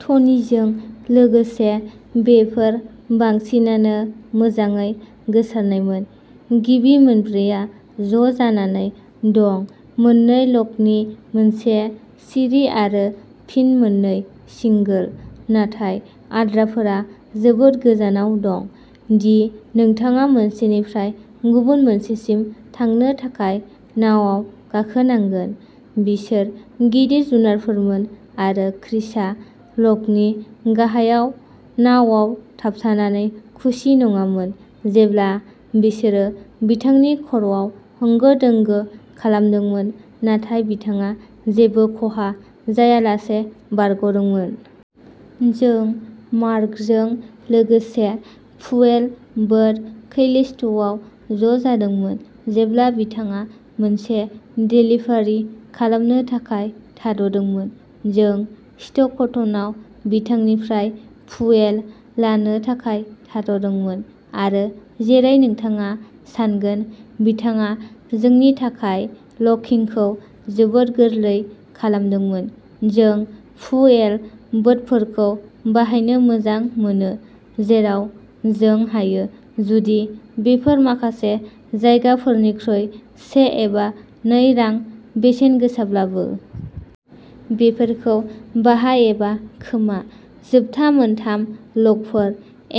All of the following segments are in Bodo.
ट'नीजों लोगोसे, बेफोर बांसिनानो मोजाङै गोसारनायमोन। गिबि मोनब्रैआ ज'जानानै दं-मोननै ल'कनि मोनसे सिरि आरो फिन मोननै सिंगोल, नाथाय आद्राफोरा जोबोद गोजानाव दं दि नोंथाङा मोनसेनिफ्राय गुबुन मोनसेसिम थांनो थाखाय नावाव गाखोनांगोन। बिसोर गिदिर जुनारफोरमोन आरो क्रिसआ ल'कनि गाहायाव नावाव थाबथानानै खुसि नङामोन, जेब्ला बिसोरो बिथांनि खर'आव होंगो दोंगो खालामदोंमोन, नाथाय बिथाङा जेबो खहा जायालासे बारग'दोंमोन। जों मार्कजों लोगोसे फुएल बोट कैलिस्ट'आव ज'जादोंमोन, जेब्ला बिथाङा मोनसे डेलिभारि खालामनो थाखाय थाद'दोंमोन। जों स्ट'कटनआव बिथांनिफ्राय फुएल लानो थाखाय थाद'दोंमोन आरो, जेरै नोंथाङा सान्गोन, बिथाङा जोंनि थाखाय ल'किंखौ जोबोद गोरलै खालामदोंमोन। जों फुएल बोटफोरखौ बाहायनो मोजां मोनो जेराव जों हायो, जुदि बेफोर माखासे जायगाफोरनिख्रुइ से एबा नै रां बेसेनगोसाब्लाबो। बेफोरखौ बाहाय एबा खोमा! जोबथा मोनथाम ल'कफोर!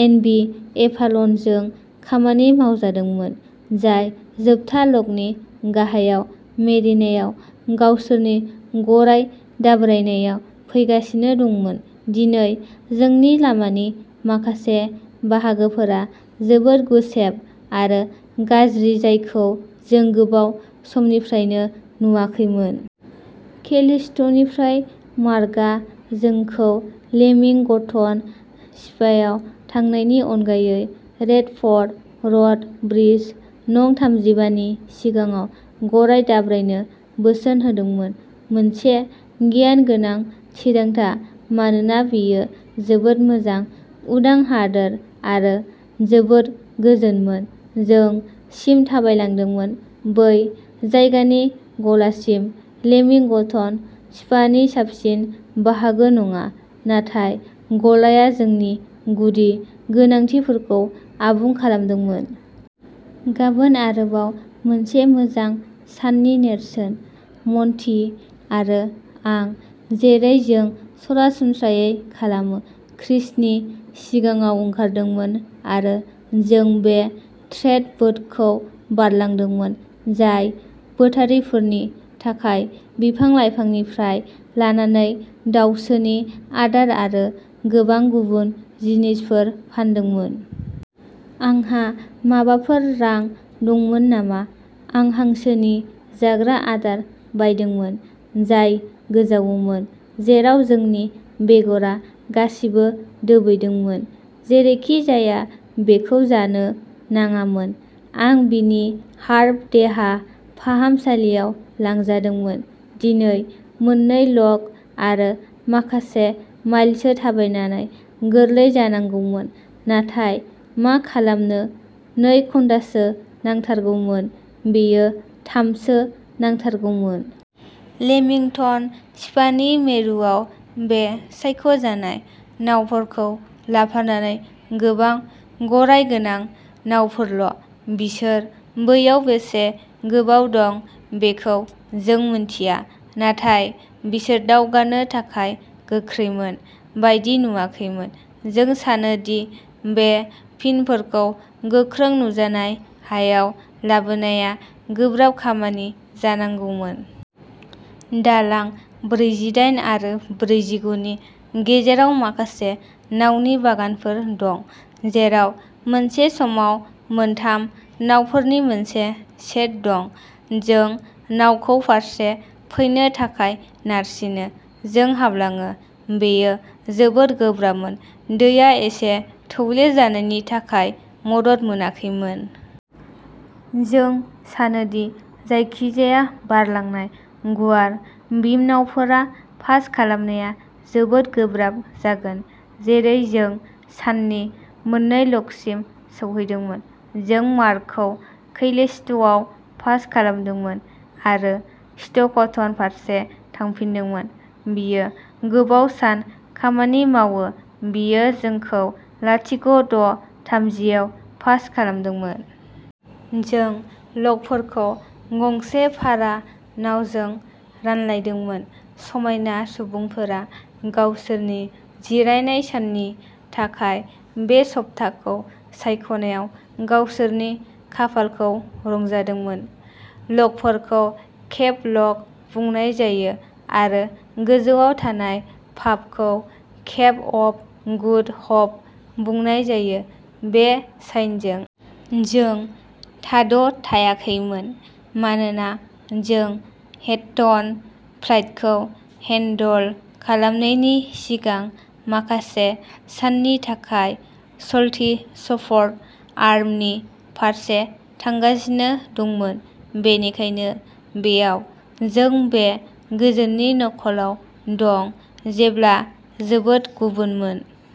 एन. बि. एभाल'नजों खामानि मावजादोंमोन, जाय जोबथा लकनि गाहायाव मेरिनायाव गावसोरनि गराय दाब्रायनायाव फैगासिनो दंमोन। दिनै जोंनि लामानि माखासे बाहागोफोरा जोबोद गुसेब आरो गाज्रि-जायखौ जों गोबाव समनिफ्रायनो नुवाखैमोन। केलिस्ट'निफ्राय मार्कआ जोंखौ लेमिंगटन स्पायाव थांनायनि अनगायै रेडफ'र्ड र'ड ब्रिज, नं थामजिबा नि सिगाङाव गराय दाब्रायनो बोसोन होदोंमोन। मोनसे गियानगोनां थिरांथा मानोना बेयो जोबोद मोजां उदां हादोर आरो जोबोद गोजोनमोन। जों सिम थाबायलांदोंमोन बै जायगानि गलासिम-लेमिंगटन स्पानि साबसिन बाहागो नङा, नाथाय गलाया जोंनि गुदि गोनांथिफोरखौ आबुं खालामदोंमोन। गाबोन आरोबाव मोनसे मोजां साननि नेरसोन। मन्टि आरो आं, जेरै जों सरासनस्रायै खालामो, क्रिसनि सिगाङाव ओंखारदोंमोन आरो जों बे ट्रेड बोटखौ बारलांदोंमोन, जाय बोटारिफोरनि थाखाय बिफां-लाइफांनिफ्राय लानानै दाउसोनि आदार आरो गोबां गुबुन जिनिसफोर फानदोंमोन। आंहा माबाफोर रां दंमोन नामा? आं हांसोनि जाग्रा आदार बायदोंमोन, जाय गोजावोमोन, जेराव जोंनि बेगरा गासिबो दोबैदोंमोन! जेरैखिजाया, बेखौ जानो नाङामोन। आं बिनि हार्ब देहा फाहामसालियाव लांजादोंमोन! दिनै मोननै ल'क आरो माखासे माइलसो थाबायनानै गोरलै जानांगौमोन, नाथाय मा खालामनो नै घन्टासो नांथारगौमोन, बेयो थाम सो नांथारगौमोन। लेमिंटन स्पानि मिरुआव बे'सायख'जानाय नावफोरखौ लाफानानै गोबां गराय गोनां नावफोरल'। बिसोर बैयाव बेसे गोबाव दं बेखौ जों मिन्थिया, नाथाय बिसोर दावगानो थाखाय गोख्रैमोन बायदि नुवाखैमोन। जों सानो दि बे पिनफोरखौ गोख्रों नुजानाय हायाव लाबोनाया गोब्राब खामानि जानांगौमोन। दालां ब्रैजिदाइन आरो ब्रैजिगु नि गेजेराव माखासे नावनि बागानफोर दं, जेराव मोनसे समाव मोनथाम नावफोरनि मोनसे सेट दं। जों नावखौ फारसे फैनो थाखाय नारसिनो। जों हाबलाङो। बेयो जोबोद गोब्राबमोन, दैया एसे थौले जानायनि थाखाय मदद मोनाखैमोन। जों सानो दि जायखिजाया बारलांनाय गुवार बिम नावफोरा पास खालामनाया जोबोद गोब्राब जागोन। जेरै जों साननि मोननै लकसिम सौहैदोंमोन, जों मार्कखौ कैलिस्ट'आव पास खालामदोंमोन आरो स्ट'कटन फारसे थांफिनदोंमोन। बियो गोबाव सान खामानि मावो-बियो जोंखौ लाथिक' द' थामजि आव पास खालामदोंमोन! जों लकफोरखौ गंसे भारा नावजों रानलायदोंमोन-समायना सुबुंफोरा गावसोरनि जिरायनाय साननि थाखाय बे सप्ताखौ सायख'नायाव गावसोरनि खाफालखौ रंजादोंमोन। लकफोरखौ केप लक बुंनाय जायो आरो गोजौआव थानाय पाबखौ केप अफ गुड हप बुंनाय जायो। बे साइनजों! जों थाद'थायाखैमोन मानोना जों हेटन फ्लाइटखौ हेन्डल खालामनायनि सिगां माखासे साननि थाखाय सल्टिसफ'र्ड आर्मनि फारसे थांगासिनो दंमोन। बेनिखायनो बेयाव जों बे गोजोननि नखलआव दं-जेब्ला जोबोद गुबुनमोन।